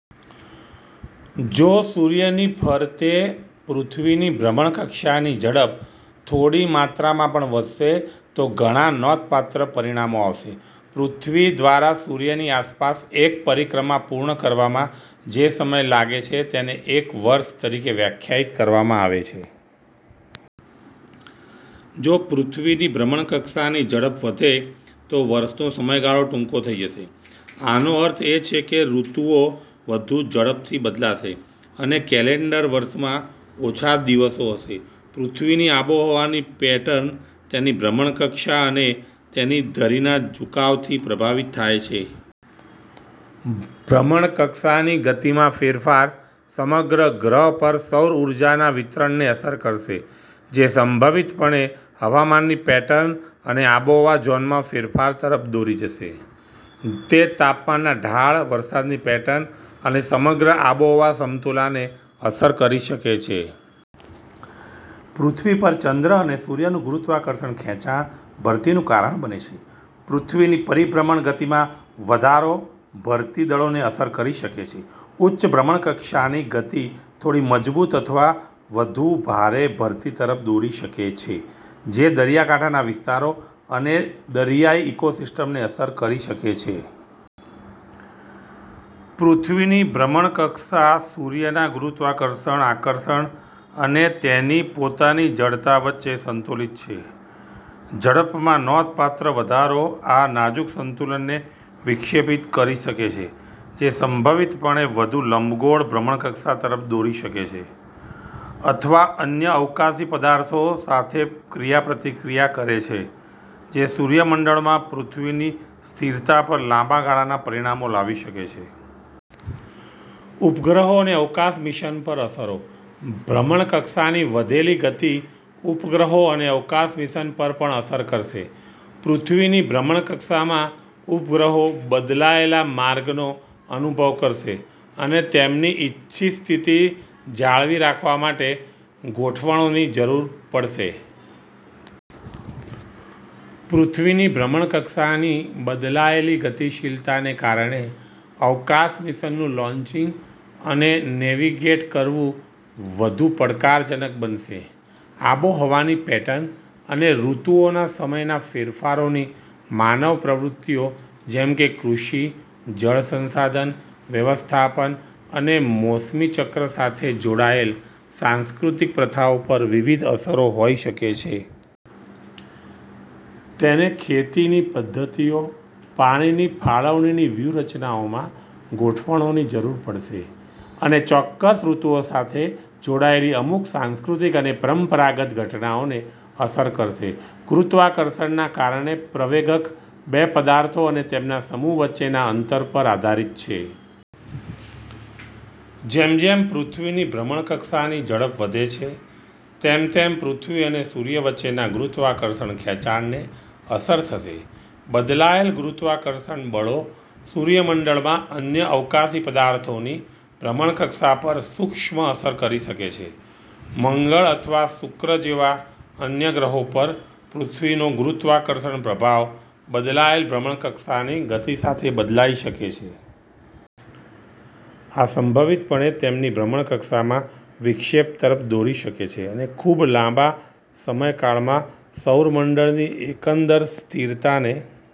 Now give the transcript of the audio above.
જો સૂર્યની ફરતે પૃથ્વીની ભ્રમણકક્ષાની ઝડપ થોડી માત્રામાં પણ વધશે, તો ઘણા નોંધપાત્ર પરિણામો આવશે: પૃથ્વી દ્વારા સૂર્યની આસપાસ એક પરિક્રમા પૂર્ણ કરવામાં જે સમય લાગે છે તેને એક વર્ષ તરીકે વ્યાખ્યાયિત કરવામાં આવે છે. જો પૃથ્વીની ભ્રમણકક્ષાની ઝડપ વધે તો વર્ષનો સમયગાળો ટૂંકો થઈ જશે. આનો અર્થ એ છે કે ઋતુઓ વધુ ઝડપથી બદલાશે, અને કેલેન્ડર વર્ષમાં ઓછા દિવસો હશે. પૃથ્વીની આબોહવાની પેટર્ન તેની ભ્રમણકક્ષા અને તેની ધરીના ઝુકાવથી પ્રભાવિત થાય છે. ભ્રમણકક્ષાની ગતિમાં ફેરફાર સમગ્ર ગ્રહ પર સૌર ઊર્જાના વિતરણને અસર કરશે, જે સંભવિતપણે હવામાનની પેટર્ન અને આબોહવા ઝોનમાં ફેરફાર તરફ દોરી જશે. તે તાપમાનના ઢાળ, વરસાદની પેટર્ન અને સમગ્ર આબોહવા સમતુલાને અસર કરી શકે છે. પૃથ્વી પર ચંદ્ર અને સૂર્યનું ગુરુત્વાકર્ષણ ખેંચાણ ભરતીનું કારણ બને છે. પૃથ્વીની પરિભ્રમણ ગતિમાં વધારો ભરતી દળોને અસર કરી શકે છે. ઉચ્ચ ભ્રમણકક્ષાની ગતિ થોડી મજબૂત અથવા વધુ ભારે ભરતી તરફ દોરી શકે છે, જે દરિયાકાંઠાના વિસ્તારો અને દરિયાઇ ઇકોસિસ્ટમને અસર કરી શકે છે. પૃથ્વીની ભ્રમણકક્ષા સૂર્યના ગુરુત્વાકર્ષણ આકર્ષણ અને તેની પોતાની જડતા વચ્ચે સંતુલિત છે. ઝડપમાં નોંધપાત્ર વધારો આ નાજુક સંતુલનને વિક્ષેપિત કરી શકે છે, જે સંભવિતપણે વધુ લંબગોળ ભ્રમણકક્ષા તરફ દોરી શકે છે અથવા અન્ય અવકાશી પદાર્થો સાથે ક્રિયાપ્રતિક્રિયા કરે છે, જે સૂર્યમંડળમાં પૃથ્વીની સ્થિરતા પર લાંબા ગાળાના પરિણામો લાવી શકે છે. ઉપગ્રહો અને અવકાશ મિશન પર અસરો: ભ્રમણકક્ષાની વધેલી ગતિ ઉપગ્રહો અને અવકાશ મિશન પર પણ અસર કરશે. પૃથ્વીની ભ્રમણકક્ષામાં ઉપગ્રહો બદલાયેલા માર્ગનો અનુભવ કરશે અને તેમની ઇચ્છિત સ્થિતિ જાળવી રાખવા માટે ગોઠવણોની જરૂર પડશે. પૃથ્વીની ભ્રમણકક્ષાની બદલાયેલી ગતિશીલતાને કારણે અવકાશ મિશનનું લોન્ચિંગ અને નેવિગેટ કરવું વધુ પડકારજનક બનશે. આબોહવાની પેટર્ન અને ઋતુઓના સમયના ફેરફારોની માનવ પ્રવૃત્તિઓ જેમ કે કૃષિ, જળ સંસાધન વ્યવસ્થાપન અને મોસમી ચક્ર સાથે જોડાયેલ સાંસ્કૃતિક પ્રથાઓ પર વિવિધ અસરો હોઈ શકે છે. તેને ખેતીની પદ્ધતિઓ, પાણીની ફાળવણીની વ્યૂહરચનાઓમાં ગોઠવણોની જરૂર પડશે અને ચોક્કસ ઋતુઓ સાથે જોડાયેલી અમુક સાંસ્કૃતિક અને પરંપરાગત ઘટનાઓને અસર કરશે. ગુરુત્વાકર્ષણના કારણે પ્રવેગક બે પદાર્થો અને તેમના સમૂહ વચ્ચેના અંતર પર આધારિત છે. જેમ જેમ પૃથ્વીની ભ્રમણકક્ષાની ઝડપ વધે છે તેમ તેમ પૃથ્વી અને સૂર્ય વચ્ચેના ગુરુત્વાકર્ષણ ખેંચાણને અસર થશે. બદલાયેલ ગુરુત્વાકર્ષણ બળો સૂર્યમંડળમાં અન્ય અવકાશી પદાર્થોની ભ્રમણકક્ષા પર સૂક્ષ્મ અસર કરી શકે છે. મંગળ અથવા શુક્ર જેવા અન્ય ગ્રહો પર પૃથ્વીનો ગુરુત્વાકર્ષણ પ્રભાવ બદલાયેલ ભ્રમણકક્ષાની ગતિ સાથે બદલાઈ શકે છે. આ સંભવિતપણે તેમની ભ્રમણકક્ષામાં વિક્ષેપ તરફ દોરી શકે છે અને ખૂબ લાંબા સમયકાળમાં સૌરમંડળની એકંદર સ્થિરતાને